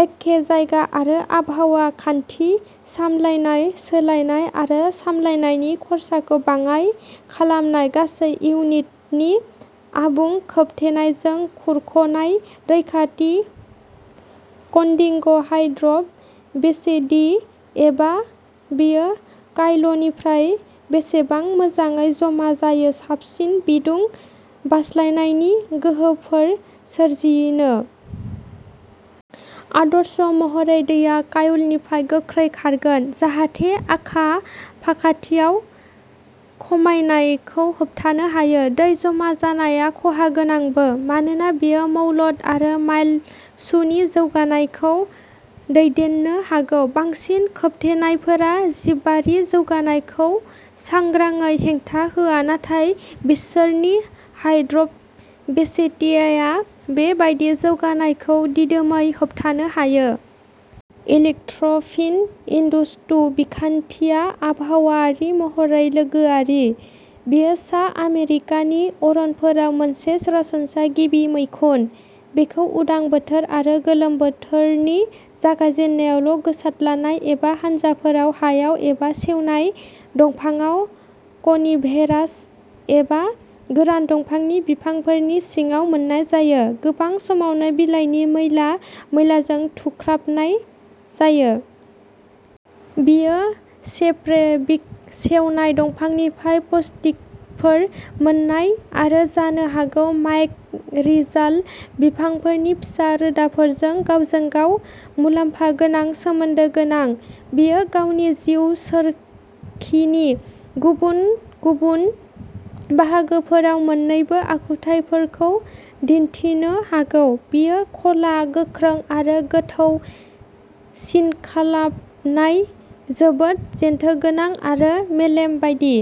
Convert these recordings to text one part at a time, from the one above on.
एखे जायगा आरो आबहावायाव खान्थि। सामलायनाय, सोलायनाय आरो सामलायनायनि खरसाखौ बाङाइ खालामनाय। गासै इउनिट नि आबुं खोबथेनायजों खुरख'नाय रैखाथि। कटिंग हाइड्र'फ'बिसिटि, एबा बेयो काइलनिफ्राय बेसेबां मोजाङै जमा जायो, साबसिन बिदुं बारस्लायनायनि गोहोफोर सोरजिनो। आदर्श महरै, दैया काइलनिफ्राय गोख्रै खारगोन जाहाथे आखा फाखाथियाव खमायनायखौ होबथानो हायो। दै जमा जानाया खहागोनांबो मानोना बेयो मोल्ड आरो माइल्ड्युनि जौगानायखौ दैदेननो हागौ। बांसिन खोबथेनायफोरा जिबारि जौगानायखौ सांग्राङै हेंथा होआ, नाथाय बिसोरनि हाइड्र'फ'बिसिटिआ बेबादि जौगानायखौ दिदोमयै होबथानो हायो। इलेक्ट्र'फिन इन्सितु बिखान्थिया आबहावायारि महरै लोगोआरि। बेयो सा आमेरिकानि अरनफोराव मोनसे सरासनस्रा गिबि मैखुन। बेखौ उदां बोथोर आरो गोलोम बोथोरनि जागायजेन्नायावल', गोसारद्लानाय एबा हानजाफोराव, हायाव एबा सेवनाय दंफांआव, कनिफेरास एबा गोरा दंफांनि बिफांफोरनि सिङाव मोन्नाय जायो, गोबां समावनो बिलाइनि मैला मैलाजों थुख्राबनाय जायो। बेयो सेप्र'बिक, सेवनाय दंफांनिफ्राय पुष्टिफोर मोन्नाय, आरो जानो हागौ माइक'रिजाल, बिफांफोरनि फिसा रोदाफोरजों गावजों गाव मुलाम्फा गोनां सोमोन्दो गोनां। बेयो गावनि जिउ सोरखिनि गुबुन गुबुन बाहागोफोराव मोन्नैबो आखुथायफोरखौ दिनथिनो हागौ। बेयो ख'ला, गोख्रों आरो गोथौ सिनख्लाबनाय, जोबोद जेथोगोनां आरो मेलेम बायदि।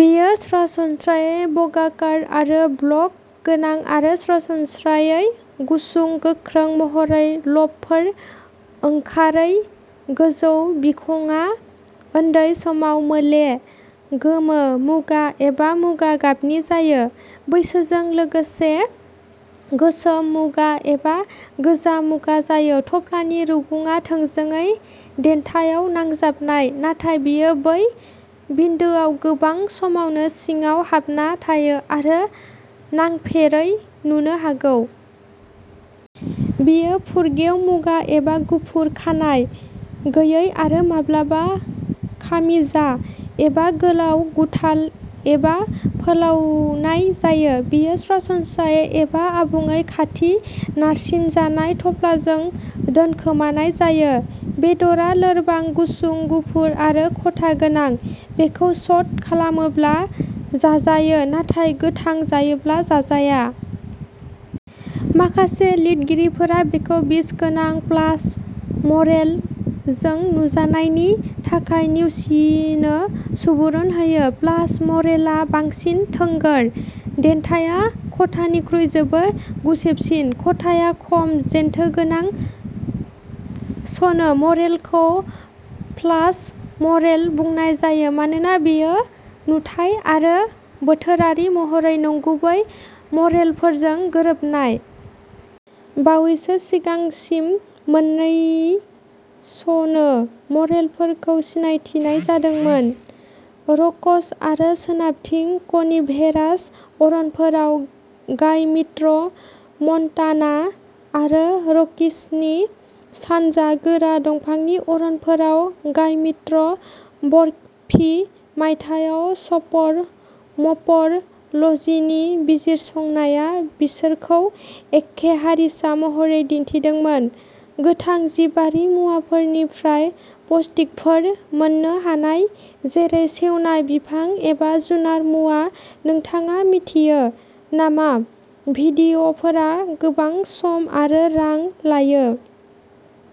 बेयो सरासनस्रायै बर्गाकार आरो ब्लक गोनां आरो सरासनस्रायै गुसुं, गोख्रों महरै ल'बफोर ओंखारै। गोजौ बिखंआ उन्दै समाव मोले, गोमो मुगा एबा मुगा गाबनि जायो, बैसोजों लोगोसे गोसोम मुगा एबा गोजा मुगा जायो। थफ्लानि रुगुङा थोंजोङै देन्थायाव नांजाबनाय नाथाय बेयो बै बिन्दोआव गोबां समावनो सिङाव हाबना थायो आरो नांफेरै नुनो हागौ। बेयो फुरगेव मुगा एबा गुफुर, खानाय गैयै आरो माब्लाबा खामिजा एबा गोलाव गुथाल एबा फोलावनाय जायो। बेयो सरासनस्रायै एबा आबुङै खाथि नारसिनजानाय थफ्लाजों दोनखोमानाय जायो। बेदरआ लोरबां, गुसुं, गुफुर आरो खथा गोनां। बेखौ स'ट खालामोब्ला जाजायो, नाथाय गोथां जायोब्ला जाजाया। माखासे लिरगिरिफोरा बेखौ बिस गोनां फाल्स मरेल जों नुजानायनि थाखाय नेवसिनो सुबुरुन होयो। फाल्स मरेल आ बांसिन थोंगोर। देन्थाआ खथानिख्रुइ जोबोद गुसेबसिन। खथाया खम जेथोगोनां। स्नो मरेलखौ फाल्स मरेल बुंनाय जायो मानोना बेयो नुथाइ आरो बोथोरारि महरै नंगुबै मरेलफोरजों गोरोबनाय। बावैसो सिगांसिम, मोन्नै स्नो मरेलफोरखौ सिनायथिनाय जादोंमोन र'कीज आरो सोनाबथिं कनिफेरास अरनफोराव गाय'मित्र मन्टाना आरो र'कीजनि सानजाहा गोरा दंफांनि अरनफोराव गाय'मित्र करफी। मायथाइयाव स्पर मर्फ'लजिनि बिजिरसंनाया बिसोरखौ एखे हारिसा महरै दिन्थिदोंमोन। गोथां जिबारि मुवाफोरनिफ्राय पुष्टिफोर मोन्नो हानाय, जेरै सेवनाय बिफां एबा जुनार मुवा। नोंथाङा मिथियो नामा भिडिअ'फोरा गोबां सम आरो रां लायो।